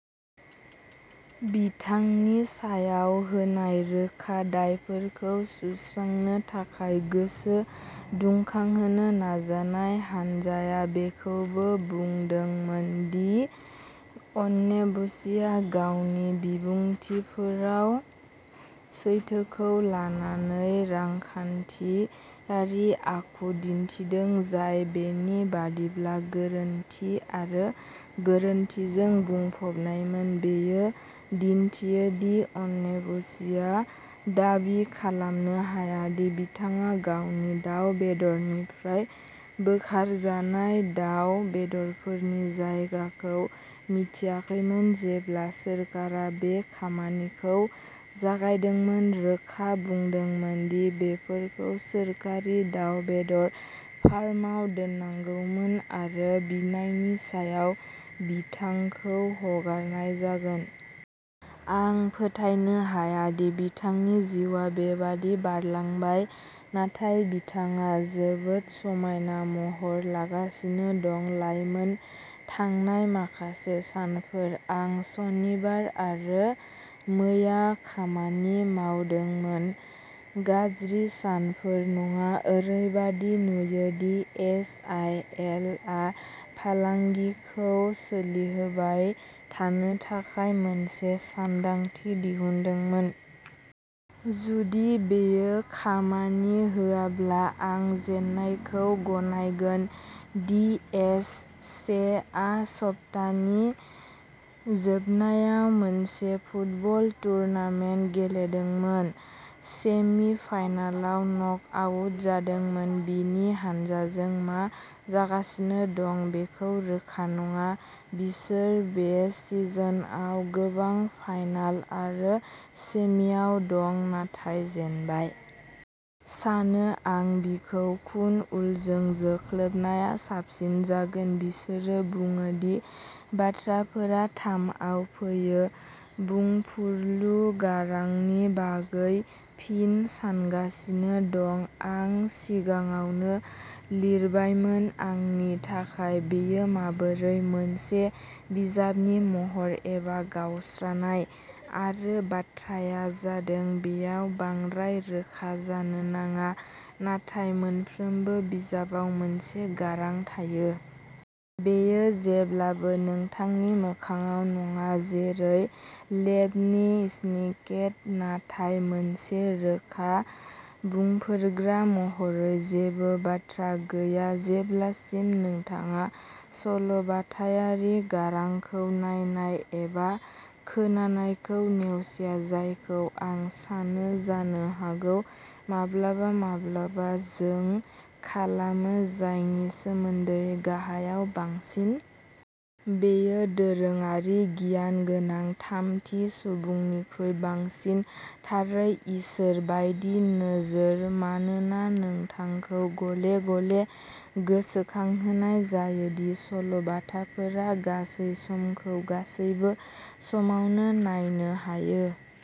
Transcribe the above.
बिथांनि सायाव होनाय रोखा दायफोरखौ सुस्रांनो थाखाय गोसो दुंखांहोनो नाजानाय। हानजाया बेखौबो बुंदोंमोन दि अन्येबुचिआ गावनि बिबुंथिफोराव सैथोखौ लानानै रांखान्थियारि आखु दिन्थिदों जाय बेनि बायदिब्ला गोरोन्थि आरो गोरोन्थिजों बुंफबनायमोन। बेयो दिन्थियो दि अन्येबुचिआ दाबि खालामनो हाया दि बिथाङा गावनि दाव बेदरनिफ्राय बोखारजानाय दाव बेदरफोरनि जायगाखौ मिथियाखैमोन जेब्ला सोरखारा बे खामानिखौ जागायदोंमोन रोखा बुंदोंमोन दि बेफोरखौ सोरखारि दाव बेदर फार्माव दोननांगौमोन आरो बिनायनि सायाव बिथांखौ हगारनाय जागोन। आं फोथायनो हाया दि बिथांनि जिउआ बेबादि बारलांबाय नाथाय बिथाङा जोबोद समायना महर लागासिनो दं। लाइमोन थांनाय माखासे सानफोर आं सनिबार आरो मैया खामानि मावदोंमोन। गाज्रि सानफोर नङा। ओरैबादि नुयो दि एस आइ एल आ फालांगिखौ सोलिहोबाय थानो थाखाय मोनसे सानदांथि दिहुनदोंमोन। जुदि बेयो खामानि होआब्ला आं जेननायखौ गनायगोन। डि. एस. से आ सप्तानि जोबनायाव मोनसे फुटबल टुर्नामेन्ट गेलेदोंमोन। सेमि-फाइनालाव नकआउट जादोंमोन। बिनि हानजाजों मा जागासिनो दं बेखौ रोखा नङा। बिसोर बे सिजनआव गोबां फाइनाल आरो सेमिआव दं नाथाय जेनबाय। सानो आं बिखौ खुन उलजों जोख्लोबनाया साबसिन जागोन बिसोरो बुङो दि बाथ्राफोरा थामआव फैयो। बुंफुरलु गारांनि बागै फिन सानगासिनो दं। आं सिगाङावनो लिरबायमोन। आंनि थाखाय बेयो माबोरै मोनसे बिजाबनि महर एबा गावस्रानाय। आरो बाथ्राया जादों बेयाव बांद्राय रोखा जानो नाङा नाथाय मोनफ्रोमबो बिजाबाव मोनसे गारां थायो। बेयो जेब्लाबो नोंथांनि मोखांआव नङा जेरै लेमनि स्निकेट नाथाय मोनसे रोखा बुंफोरग्रा महरै जेबो बाथ्रा गैया जेब्लासिम नोंथाङा सल'बाथायारि गारांखौ नायनाय एबा खोनानायखौ नेवसिया जायखौ आं सानो जानो हागौ माब्लाबा माब्लाबा जों खालामो जायनि सोमोन्दै गाहायाव बांसिन। बेयो दोरोङारि गियान गोनां थामथि सुबुंनिख्रुइ बांसिन थारै इसोर बायदि नोजोर मानोना नोंथांखौ गले गले गोसोखांहोनाय जायो दि सल'बाथाफोरा गासै समखौ गासैबो समावनो नायनो हायो।